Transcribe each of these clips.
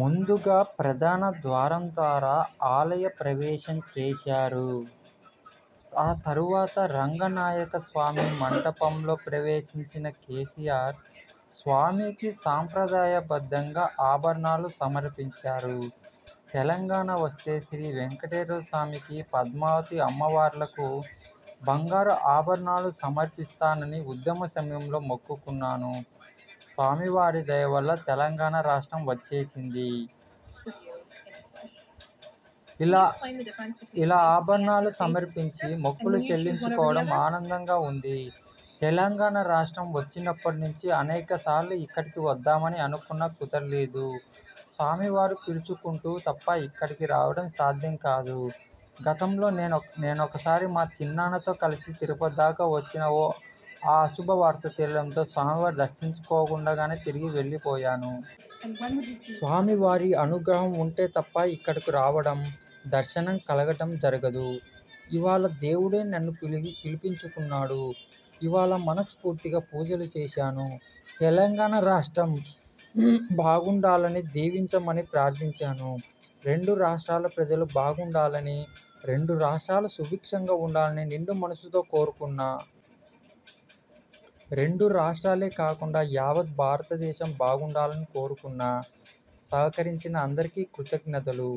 ముందుగా, ప్రధాన ద్వారం ద్వారా ఆలయ ప్రవేశం చేశారు. ఆ తరువాత రంగనాయకస్వామి మంటపంలో ప్రవేశించిన కేసీఆర్ స్వామికి సాంప్రదాయ బద్ధంగా ఆభరణాలు సమర్పించారు. ''తెలంగాణ వస్తే శ్రీ వెంకటేశ్వరస్వామికి, పద్మావతి అమ్మవార్లకు బంగారు ఆభరణాలు సమర్పిస్తానని ఉద్యమ సమయంలో మొక్కుకున్నాను. స్వామి వారి దయవల్ల తెలంగాణ రాష్ట్రం వచ్చేసింది. ఇళ ఆభరణాలు సమర్పించి మొక్కులు చెల్లించుకోవడం ఆనందంగా ఉంది. తెలంగాణ రాష్ట్రం వచ్చినప్పటి నుంచి అనేక సార్లు ఇక్కడికి వద్దామని అనుకున్నా కుదరలేదు. స్వామి వారు పిలిచుకుంటే తప్ప ఇక్కడకు రావడం సాధ్యం కాదు. గతంలో నేనొకసారి మా చిన్నాన్నతో కలిసి తిరుపతి దాకా వచ్చినా ఓ అశుభవార్త తెలియడంతో స్వామి వారిని దర్శించుకోకుండానే తిరిగి వెల్లిపోయాను. స్వామి వారి అనుగ్రహం ఉంటే తప్ప ఇక్కడకు రావడం, దర్శనం కలగడం జరగదు. ఇవాళ దేవుడే నన్ను పిలిపించుకున్నాడు. ఇవాళ మనస్ఫూర్తిగా పూజలు చేశాను. తెలంగాణ రాష్ట్రం బాగుండాలని దీవించమని ప్రార్థించాను. రెండు రాష్ట్రాల ప్రజలు బాగుండాలని, రెండు రాష్ట్రాలు సుభిక్షంగా ఉండాలని నిండు మనసుతో కోరుకున్నా. రెండు రాష్ట్రాలే కాకుండా యావత్ భారతదేశం బాగుండాలని కోరుకున్నా. సహకరించిన అందరికీ కృతజ్ఙతలు.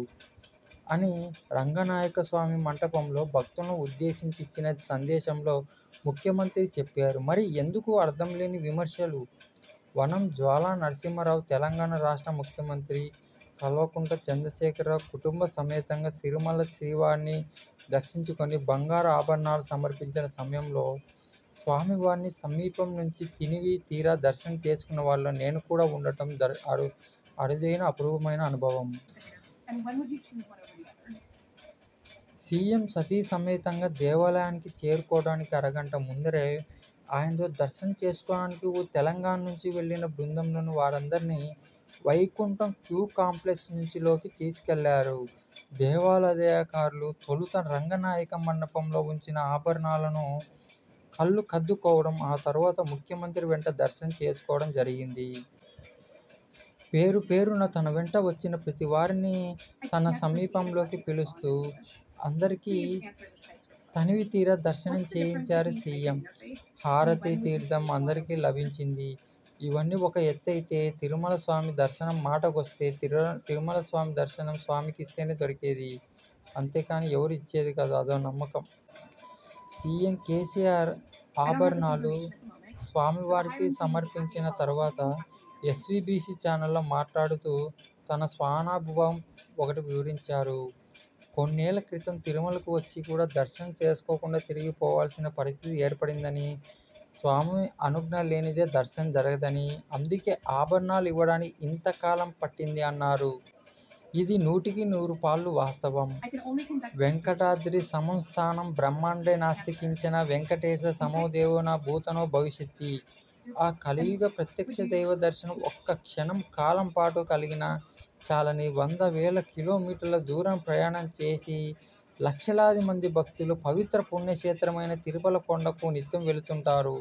'' అని రంగనాయక స్వామి మంటపంలో భక్తులను ఉద్దేశించి ఇచ్చిన సందేశంలో ముఖ్యమంత్రి చెప్పారు. మరి ఎందుకీ అర్థం లేని విమర్శలు? వనం జ్వాలానరసింహారావు తెలంగాణ రాష్ట్ర ముఖ్యమంత్రి కల్వకుంట్ల చంద్రశేఖర రావు కుటుంబ సమేతంగా తిరుమల శ్రీ వేంకటేశ్వర స్వామిని దర్శించుకుని బంగారు ఆభరణాలు సమర్పించిన సమయంలో స్వామివారిని సమీపం నుంచి తనివి తీరా దర్శనం చేసుకున్న వారిలో నేను కూడా వుండడం అరుదైన, అపురూపమైన అనుభవం. సీఎం సతీ సమేతంగా దేవాలయానికి చేరుకోవడానికి అర గంట ముందరే ఆయనతో దర్శనం చేసుకోవడానికి తెలంగాణ నుంచి వెళ్ళిన బృందంలోని వారందరినీ వైకుంఠం క్యూ కాంప్లెక్స్ నుంచి లోనికి తీసుకెళ్లారు దేవాలయాధికారులు. తొలుత రంగనాయక మండపంలో వుంచిన ఆభరణాలను కళ్లకద్దుకోవడం, ఆ తరువాత ముఖ్యమంత్రి వెంట దర్శనం చేసుకోవడం జరిగింది. పేరుపేరునా తన వెంట వచ్చిన ప్రతివారినీ తన సమీపంలోకి పిలుస్తూ, అందరికీ తనివితీరా దర్శనం చేయించారు సీఎం. హారతీ, తీర్థం అందరికీ లభించింది. ఇవన్నీ ఒక ఎత్తైతే తిరుమల స్వామి దర్శనం మాటకొస్తే ''దర్శనం స్వామి ఇస్తేనే దొరికేది'' అంతేకానీ ఎవరూ ఇచ్చేది కాదు. అదో నమ్మకం. సీఎం కేసీఆర్ ఆభరణాలు స్వామివారికి సమర్పించిన తరువాత ఎస్వీబీసీ ఛానల్తో మాట్లాడుతూ తన స్వానుభవం ఒకటి వివరించారు. కొన్నేళ్ల క్రితం తిరుమలకు వచ్చి కూడా, దర్శనం చేసుకోకుండా తిరిగి పోవాల్సిన పరిస్థితి ఏర్పడిందని, స్వామి అనుజ్ఞ లేనిదే దర్శనం జరగదని, అందుకే ఆభరణాలు ఇవ్వడానికి ఇంత కాలం పట్టిందనీ, అన్నారు. ఇది నూటికి నూరు పాళ్లు వాస్తవం. ''వేంకటాద్రి సమం స్థానం బ్రహ్మాండే నాస్తి కించన, వేంకటేశ సమోదేవో న భూతో న భవిష్యతి''. ఆ కలియుగ ప్రత్యక్ష దైవ దర్శనం ఒక్క క్షణ కాలంపాటు కలిగినా చాలని, వందల వేల కిలోమీటర్ల దూరం ప్రయాణం చేసి చేసి, లక్షలాది మంది భక్తులు, పవిత్ర పుణ్య క్షేత్రమైన తిరుమల కొండకు నిత్యం వెళుతుంటారు.